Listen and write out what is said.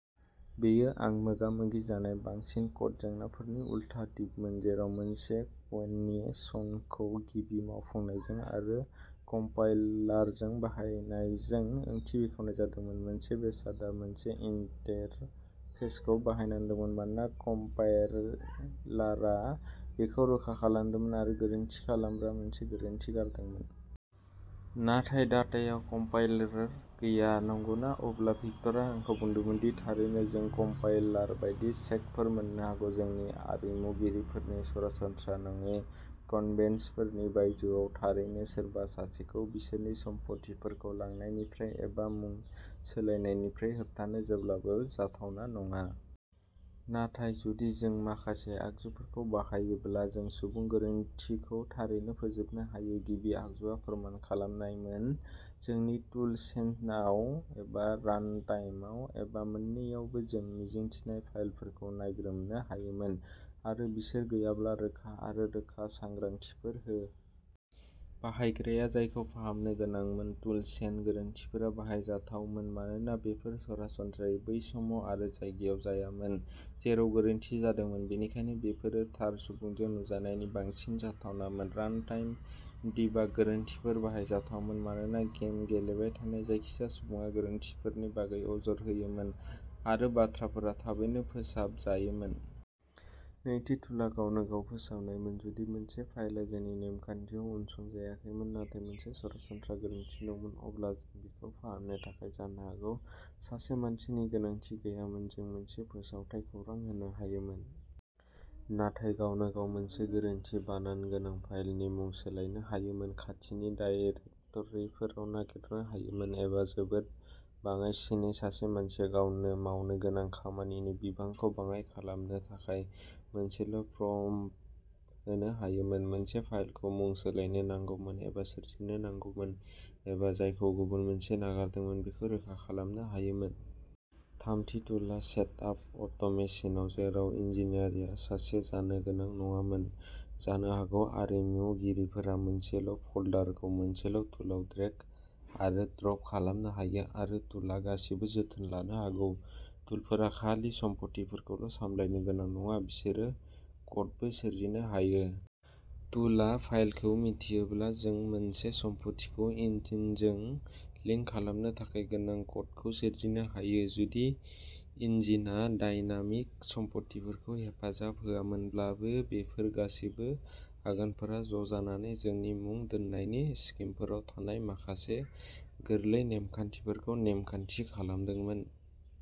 बेयो आं मोगा-मोगि जानाय बांसिन क'ड जेंनाफोरनि उलथा दिगमोन, जेराव मोनसे कन्वेन्शनखौ गिबि मावफुंनायजों आरो कम्पाइलारजों बाहायजानायजों ओंथि बेखेवनाय जादोंमोन। मोनसे बेसादआ मोनसे इन्टरफेसखौ बाहायनांदोंमोन मानोना कम्पाइलारआ बेखौ रोखा खालामदोंमोन, आरो गोरोन्थि खालामाब्ला मोनसे गोरोन्थि गारदोंमोन। नाथाय डाटायाव कम्पाइलार गैया, नंगौना? अब्ला भिक्टरआ आंखौ बुंदोंमोन दि थारैनो, जों कम्पाइलार बायदि चेकफोर मोन्नो हागौ, जोंनि आरिमुगिरिफोरनि सरासनस्रा नङै कन्वेन्शनफोरनि बायजोआव। थारैनो, सोरबा सासेखौ बिसोरनि सम्फथिफोरखौ लांनायनिफ्राय एबा मुं सोलायनायनिफ्राय होबथानो जेब्लाबो जाथावना नङा। नाथाय जुदि जों माखासे आगजुफोरखौ बाहायोब्ला जों सुबुं गोरोन्थिखौ थारैनो फोजोबनो हायो। गिबि आगजुआ फोरमान खालामनायमोन। जोंनि टुलचेनआव, एबा रानटाइमआव, एबा मोन्नैआवबो, जों मिजिंथिनाय फाइलफोरखौ नायग्रोमनो हायोमोन, आरो बिसोर गैयाब्ला, रोखा आरो रोखा सांग्रांथिफोर हो। बाहायग्राया जायखौ फाहामनो गोनांमोन। टुलचेन गोरोन्थिफोरा बाहायजाथावमोन मानोना बेफोर सरासनस्रायै बै समाव आरो जायगायाव जायोमोन जेराव गोरोन्थि जादोंमोन, बेनिखायनो बेफोरो थार सुबुंजों नुजानायनि बांसिन जाथावनामोन। रानटाइम डिबाग गोरोन्थिफोरा बाहायजाथावमोन मानोना गेम गेलेबाय थानाय जायखिजाया सुबुङा गोरोन्थिफोरनि बागै अजद होयोमोन, आरो बाथ्राफोरा थाबैनो फोसाबजायोमोन। नैथि टुलआ गावनो गाव फोसाबनायमोन। जुदि मोनसे फाइलआ जोंनि नेमखान्थियाव उनसंजायाखैमोन नाथाय मोनसे सरासनस्रा गोरोन्थि दंमोन, अब्ला जों बेखौ फाहामनो थाखाय जानो हागौ सासे मानसिनि गोनांथि गैयामोन। जों मोनसे फोसावथाय खौरां होनो हायोमोन, नाथाय गावनो गाव मोनसे गोरोन्थि बानान गोनां फाइलनि मुं सोलायनो हायोमोन, खाथिनि दाइरेक्ट'रिफोराव नागिरनो हायोमोन, एबा जोबोद बाङाइसिनै, सासे मानसिया मावनो गोनां खामानिनि बिबांखौ बाङाय खालामनो थाखाय मोनसेल'प्रम्पट होनो हायोमोन, मोनसे फाइलखौ मुं सोलायनो नांगौमोन, एबा सोरजिनो नांगौमोन, एबा जायखौ गुबुन मोनसे नागारदोंमोन बेखौ रोखा खालामनो हायोमोन। थामथि टुलआ सेटआप अट'मेसनमोन, जेराव इन्जिनियारआ सासे जानो गोनां नङामोन। जानो हागौ आरिमुगिरिफोरा मोनसे फोल्डरखौ मोनसे टुलआव ड्रेग आरो ड्रप खालामनो हायो, आरो टुलआ गासिबो जोथोन लानो हागौ। टुलफोरा खालि सम्फथिफोरखौल'सामलायनो गोनां नङा, बिसोरो क'डबो सोरजिनो हायो। टुलआ फाइलखौ मिन्थियोब्ला, जों मोनसे सम्फथिखौ इन्जिनजों लिंक खालामनो थाखाय गोनां क'डखौ सोरजिनो हायो, जुदि इन्जिनआ डायनामिक सम्फथिफोरखौ हेफाजाब होआमोनब्लाबो। बेफोर गासैबो आगानफोरा ज'जानानै जोंनि मुं दोननायनि स्किमफोराव थानाय माखासे गोरलै नेमखान्थिफोरखौ नेमखान्थि खालामदोंमोन।